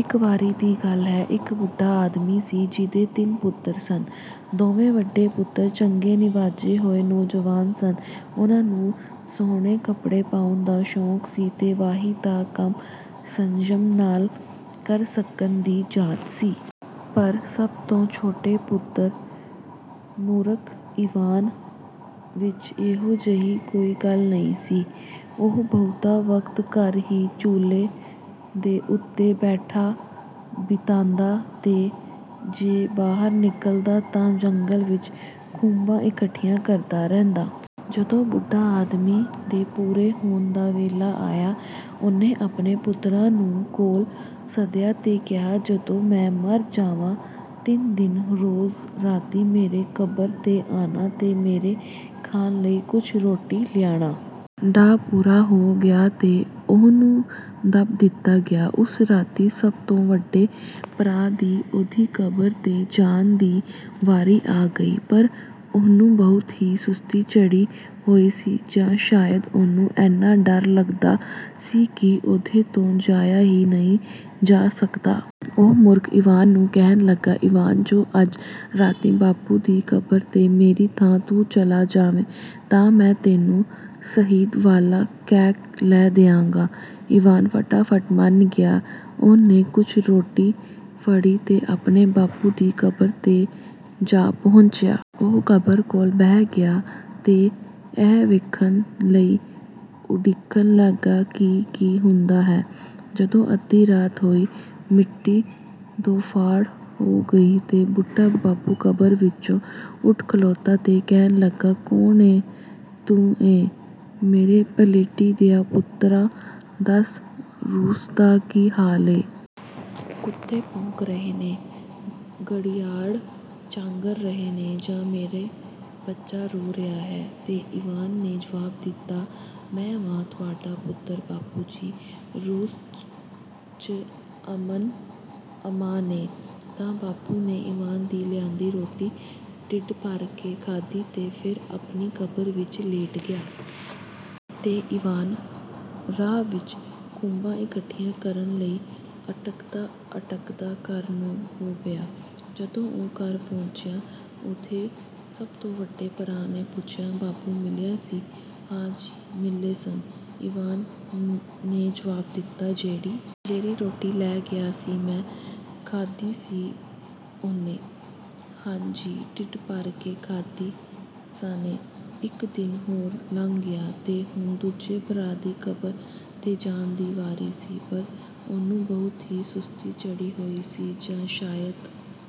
ਇੱਕ ਵਾਰੀ ਦੀ ਗੱਲ ਏ, ਇੱਕ ਬੁੱਢਾ ਆਦਮੀ ਸੀ, ਜਿਹਦੇ ਤਿੰਨ ਪੁੱਤਰ ਸਨ। ਦੋਵੇਂ ਵੱਡੇ ਪੁੱਤਰ ਚੰਗੇ-ਨਿਵਾਜੇ ਹੋਏ ਨੌਜਵਾਨ ਸਨ। ਉਹਨਾਂ ਨੂੰ ਸੁਹਣੇ ਕੱਪੜੇ ਪਾਉਣ ਦਾ ਸ਼ੌਕ ਸੀ ਤੇ ਵਾਹੀ ਦਾ ਕੰਮ ਸੰਜਮ ਨਾਲ ਕਰ ਸਕਣ ਦੀ ਜਾਚ ਸੀ। ਪਰ ਸਭ ਤੋਂ ਛੋਟੇ ਪੁੱਤਰ, ਮੂਰਖ ਈਵਾਨ, ਵਿੱਚ ਇਹੋ ਜਿਹੀ ਕੋਈ ਗੱਲ ਨਹੀਂ ਸੀ। ਉਹ ਬਹੁਤਾ ਵਕਤ ਘਰ ਹੀ ਚੁੱਲ੍ਹੇ ਦੇ ਉੱਤੇ ਬੈਠ ਬਿਤਾਂਦਾ ਤੇ ਜੇ ਬਾਹਰ ਨਿਕਲਦਾ ਤਾਂ ਜੰਗਲ ਵਿੱਚੋਂ ਖੁੰਬਾਂ ਇਕੱਠੀਆਂ ਕਰਦਾ ਰਹਿੰਦਾ। ਜਦੋਂ ਬੁੱਢੇ ਆਦਮੀ ਦੇ ਪੂਰੇ ਹੋਣ ਦਾ ਵੇਲਾ ਆਇਆ, ਉਹਨੇ ਆਪਣੇ ਪੁੱਤਰਾਂ ਨੂੰ ਕੋਲ ਸੱਦਿਆ ਤੇ ਕਿਹਾ, "ਜਦੋਂ ਮੈਂ ਮਰ ਜਾਵਾਂ, ਤਿੰਨ ਦਿਨ ਰੋਜ਼ ਰਾਤੀਂ ਮੇਰੀ ਕਬਰ 'ਤੇ ਆਣਾ ਤੇ ਮੇਰੇ ਖਾਣ ਲਈ ਕੁਝ ਰੋਟੀ ਲਿਆਣਾ।" ਢਾ ਪੂਰਾ ਹੋ ਗਿਆ ਤੇ ਉਹਨੂੰ ਦੱਬ ਦਿੱਤਾ ਗਿਆ। ਉਸ ਰਾਤੀਂ ਸਭ ਤੋਂ ਵੱਡੇ ਭਰਾ ਦੀ ਉਹਦੀ ਕਬਰ 'ਤੇ ਜਾਣ ਦੀ ਵਾਰੀ ਆ ਗਈ। ਪਰ ਉਹਨੂੰ ਬਹੁਤ ਹੀ ਸੁਸਤੀ ਚੜ੍ਹੀ ਹੋਈ ਸੀ, ਜਾਂ ਸ਼ਾਇਦ ਉਹਨੂੰ ਐਨਾ ਡਰ ਲੱਗਦਾ ਸੀ ਕਿ ਉਹਦੇ ਤੋਂ ਜਾਇਆ ਹੀ ਨਹੀਂ ਸੀ ਜਾ ਸਕਦਾ। ਉਹ ਮੂਰਖ ਈਵਾਨ ਨੂੰ ਕਹਿਣ ਲੱਗਾ, "ਈਵਾਨ, ਜੋ ਅੱਜ ਰਾਤੀਂ ਬਾਪੂ ਦੀ ਕਬਰ 'ਤੇ ਮੇਰੀ ਥਾਂ ਤੂੰ ਚਲਾ ਜਾਵੇਂ, ਤਾਂ ਮੈਂ ਤੈਨੂੰ ਸ਼ਹਿਦ ਵਾਲਾ ਕੇਕ ਲੈ ਦਿਆਂਗਾ।" ਈਵਾਨ ਫਟਾਫਟ ਮੰਨ ਗਿਆ। ਉਹਨੇ ਕੁਝ ਰੋਟੀ ਫੜੀ ਤੇ ਆਪਣੇ ਬਾਪੂ ਦੀ ਕਬਰ 'ਤੇ ਜਾ ਪਹੁੰਚਿਆ। ਉਹ ਕਬਰ ਕੋਲ ਬਹਿ ਗਿਆ ਤੇ ਇਹ ਵੇਖਣ ਲਈ ਉਡੀਕਣ ਲੱਗਾ ਕਿ ਕੀ ਹੁੰਦਾ ਏ? ਜਦੋਂ ਅੱਧੀ ਰਾਤ ਹੋਈ, ਮਿੱਟੀ ਦੋਫਾੜ ਹੋ ਗਈ ਤੇ ਬੁੱਢਾ ਬਾਪੂ ਕਬਰ ਵਿੱਚੋਂ ਉੱਠ ਖਲੋਤਾ ਤੇ ਕਹਿਣ ਲੱਗਾ, "ਕੌਣ ਏਂ ਤੂੰ ਏਂ, ਮੇਰੇ ਪਲੇਠੀ ਦਿਆ ਪੁੱਤਰਾ, ਦੱਸ, ਰੂਸ ਦਾ ਕੀ ਹਾਲ ਏ? ਕੁੱਤੇ ਭੌਂਕ ਰਹੇ ਨੇ, ਘੜੀਆਲ ਚਾਂਗਰ ਰਹੇ ਨੇ ਜਾਂ ਮੇਰਾ ਬੱਚਾ ਰੋ ਰਿਹਾ ਹੈ?" ਤੇ ਈਵਾਨ ਨੇ ਜਵਾਬ ਦਿੱਤਾ, "ਮੈਂ ਵਾਂ, ਤੁਹਾਡਾ ਪੁੱਤਰ, ਬਾਪੂ ਜੀ। ਰੂਸ 'ਚ ਅਮਨ-ਅਮਾਨ ਏ।" ਤਾਂ ਬਾਪੂ ਨੇ ਈਵਾਨ ਦੀ ਲਿਆਂਦੀ ਰੋਟੀ ਢਿੱਡ ਭਰ ਕੇ ਖਾਧੀ ਤੇ ਫੇਰ ਆਪਣੀ ਕਬਰ ਵਿੱਚ ਲੇਟ ਗਿਆ। ਤੇ ਈਵਾਨ, ਰਾਹ ਵਿੱਚ ਖੁੰਬਾਂ ਇਕੱਠੀਆਂ ਕਰਨ ਲਈ ਅਟਕਦਾ-ਅਟਕਾਂਦਾ, ਘਰ ਨੂੰ ਹੋ ਪਿਆ। ਜਦੋਂ ਉਹ ਘਰ ਪਹੁੰਚਿਆ, ਉਹਦੇ ਸਭ ਤੋਂ ਵੱਡੇ ਭਰਾ ਨੇ ਪੁੱਛਿਆ, "ਬਾਪੂ ਮਿਲਿਆ ਸੀ?" "ਹਾਂ ਜੀ, ਮਿਲੇ ਸਨ," ਈਵਾਨ ਨੇ ਜਵਾਬ ਦਿੱਤਾ।""ਜਿਹੜੀ ਰੋਟੀ ਲੈ ਗਿਆ ਸੈਂ, ਖਾਧੀ ਸੀ ਉਹਨੇ?" "ਹਾਂ ਜੀ ਢਿੱਡ ਭਰ ਕੇ ਖਾਧੀ ਸਾਨੇਂ।" ਇੱਕ ਦਿਨ ਹੋਰ ਲੰਘ ਗਿਆ, ਤੇ ਹੁਣ ਦੂਜੇ ਭਰਾ ਦੀ ਕਬਰ 'ਤੇ ਜਾਣ ਦੀ ਵਾਰੀ ਸੀ। ਪਰ ਉਹਨੂੰ ਬਹੁਤ ਹੀ ਸੁਸਤੀ ਚੜ੍ਹੀ ਹੋਈ ਸੀ, ਜਾਂ ਸ਼ਾਇਦ…